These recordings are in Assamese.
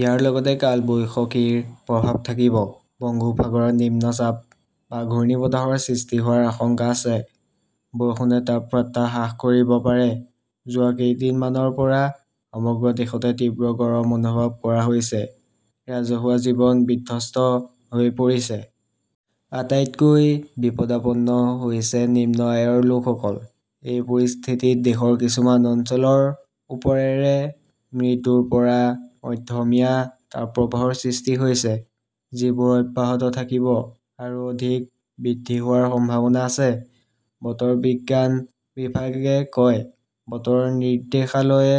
ইয়াৰ লগত কালবৈশকীৰ প্ৰভাৱ থাকিব। বংগোপসাগৰত নিম্ন চাপ বা ঘূৰ্ণীবতাহৰ সৃষ্টি হোৱাৰ আশংকা আছে। বৰষুণে তাপমাত্ৰা হ্ৰাস কৰিব পাৰে যোৱা কেইদিনমানৰ পৰা সমগ্ৰ দেশতে তীব্ৰ গৰম অনুভৱ কৰা হৈছে। ৰাজহুৱা জীৱন বিধ্বস্ত হৈ পৰিছে। আটাইতকৈ বিপদাপন্ন হৈছে নিম্ন আয়ৰ লোকসকল। এই পৰিস্থিতিত দেশৰ কিছুমান অঞ্চলৰ ওপৰেৰে মৃদুৰ পৰা মধ্যমীয়া তাপপ্ৰবাহৰ সৃষ্টি হৈছে। যিবোৰ অব্যাহত থাকিব আৰু অধিক বৃদ্ধি হোৱাৰ সম্ভাৱনা আছে, বতৰ বিজ্ঞান বিভাগে কয়। বতৰৰ নিৰ্দেশালয়ে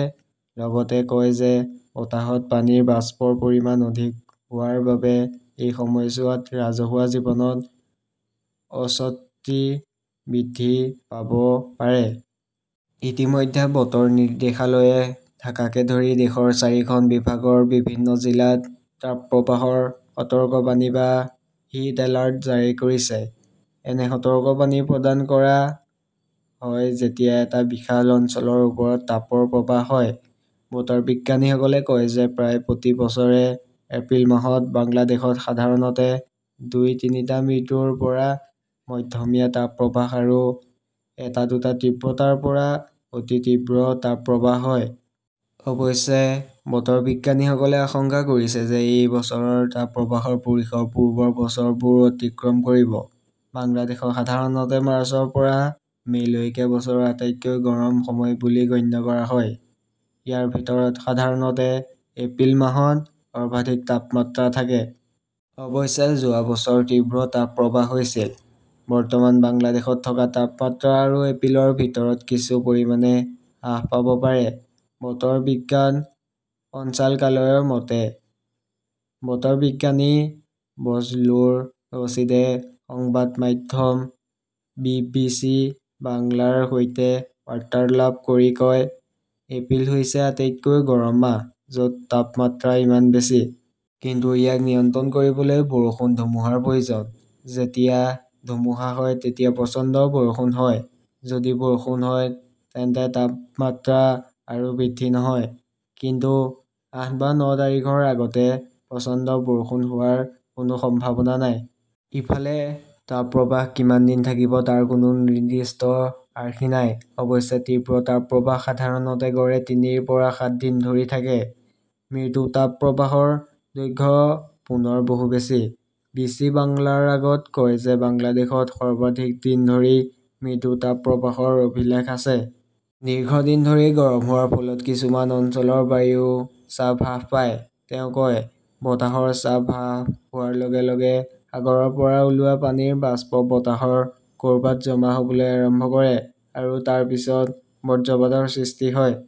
লগতে কয় যে বতাহত পানীৰ বাষ্পৰ পৰিমাণ অধিক হোৱাৰ বাবে এই সময়ছোৱাত ৰাজহুৱা জীৱনত অস্বস্তি বৃদ্ধি পাব পাৰে। ইতিমধ্যে বতৰ নিৰ্দেশালয়ে ঢাকাকে ধৰি দেশৰ চাৰিখন বিভাগৰ বিভিন্ন জিলাত তাপপ্ৰবাহৰ সতৰ্কবাণী বা "হিট এলাৰ্ট" জাৰি কৰিছে। এনে সতৰ্কবাণী প্ৰদান কৰা অ' যেতিয়া এটা বিশাল অঞ্চলৰ ওপৰত তাপৰ প্ৰৱাহ হয়। বতৰ বিজ্ঞানীসকলে কয় যে প্ৰায় প্ৰতি বছৰে এপ্ৰিল মাহত বাংলাদেশত সাধাৰণতে দুই-তিনিটা মৃদুৰ পৰা মধ্যমীয়া তাপপ্ৰবাহ আৰু এটা-দুটা তীব্ৰতাৰ পৰা অতি তীব্ৰ তাপপ্ৰবাহ হয়। অৱশ্যে, বতৰ বিজ্ঞানীসকলে আশংকা কৰিছে যে এই বছৰৰ তাপপ্ৰবাহৰ পৰিসৰ পূৰ্বৰ বছৰবোৰ অতিক্ৰম কৰিব। বাংলাদেশত সাধাৰণতে মাৰ্চৰ পৰা মে' লৈকে বছৰৰ আটাইতকৈ গৰম সময় বুলি গণ্য কৰা হয়। ইয়াৰ ভিতৰত সাধাৰণতে এপ্ৰিল মাহত সৰ্বাধিক তাপমাত্ৰা থাকে। অৱশ্যে যোৱা বছৰ তীব্ৰ তাপপ্ৰবাহ হৈছিল। বৰ্তমান বাংলাদেশত থকা তাপমাত্ৰা আৰু এপ্ৰিলৰ ভিতৰত কিছু পৰিমাণে হ্ৰাস পাব পাৰে, বতৰ বিজ্ঞান সঞ্চালকালয়ৰ মতে। বতৰ বিজ্ঞানী বজলুৰ ৰছিদে সংবাদ মাধ্যম বি. বি. চি. বাংলাৰ সৈতে বাৰ্তালাপ কৰি কয়, এপ্ৰিল হৈছে আটাইতকৈ গৰম মাহ, য'ত তাপমাত্ৰা ইমান বেছি। কিন্তু ইয়াক নিয়ন্ত্ৰণ কৰিবলৈ বৰষুণ, ধুমুহাৰ প্ৰয়োজন। যেতিয়া ধুমুহা হয়, তেতিয়া প্ৰচণ্ড বৰষুণ হয়। যদি বৰষুণ হয় তেন্তে তাপমাত্ৰা আৰু বৃদ্ধি নহয়। কিন্তু আঠ বা ন তাৰিখৰ আগতে প্ৰচণ্ড বৰষুণ হোৱাৰ কোনো সম্ভাৱনা নাই। ইফালে, তাপ প্ৰবাহ কিমান দিন থাকিব তাৰ কোনো নিৰ্দিষ্ট আৰ্হি নাই। অৱশ্যে তীব্ৰ তাপপ্ৰবাহ সাধাৰণতে গড়ে তিনিৰ পৰা সাত দিন ধৰি থাকে। মৃদু তাপ প্ৰবাহৰ দৈৰ্ঘ্য পুনৰ বহু বেছি। বি. চি. বাংলাৰ আগত কয় যে, বাংলাদেশত সৰ্বাধিক দিন ধৰি মৃদু তাপপ্ৰবাহৰ অভিলেখ আছে। দীৰ্ঘদিন ধৰি গৰম হোৱাৰ ফলত কিছুমান অঞ্চলৰ বায়ু চাপ হ্ৰাস পায়, তেওঁ কয়। বতাহৰ চাপ হ্ৰাস হোৱাৰ লগে লগে সাগৰৰ পৰা ওলোৱা পানীৰ বাষ্প বতাহৰ ক'ৰবাত জমা হ'বলৈ আৰম্ভ কৰে আৰু তাৰ পিছত বজ্ৰপাতৰ সৃষ্টি হয়।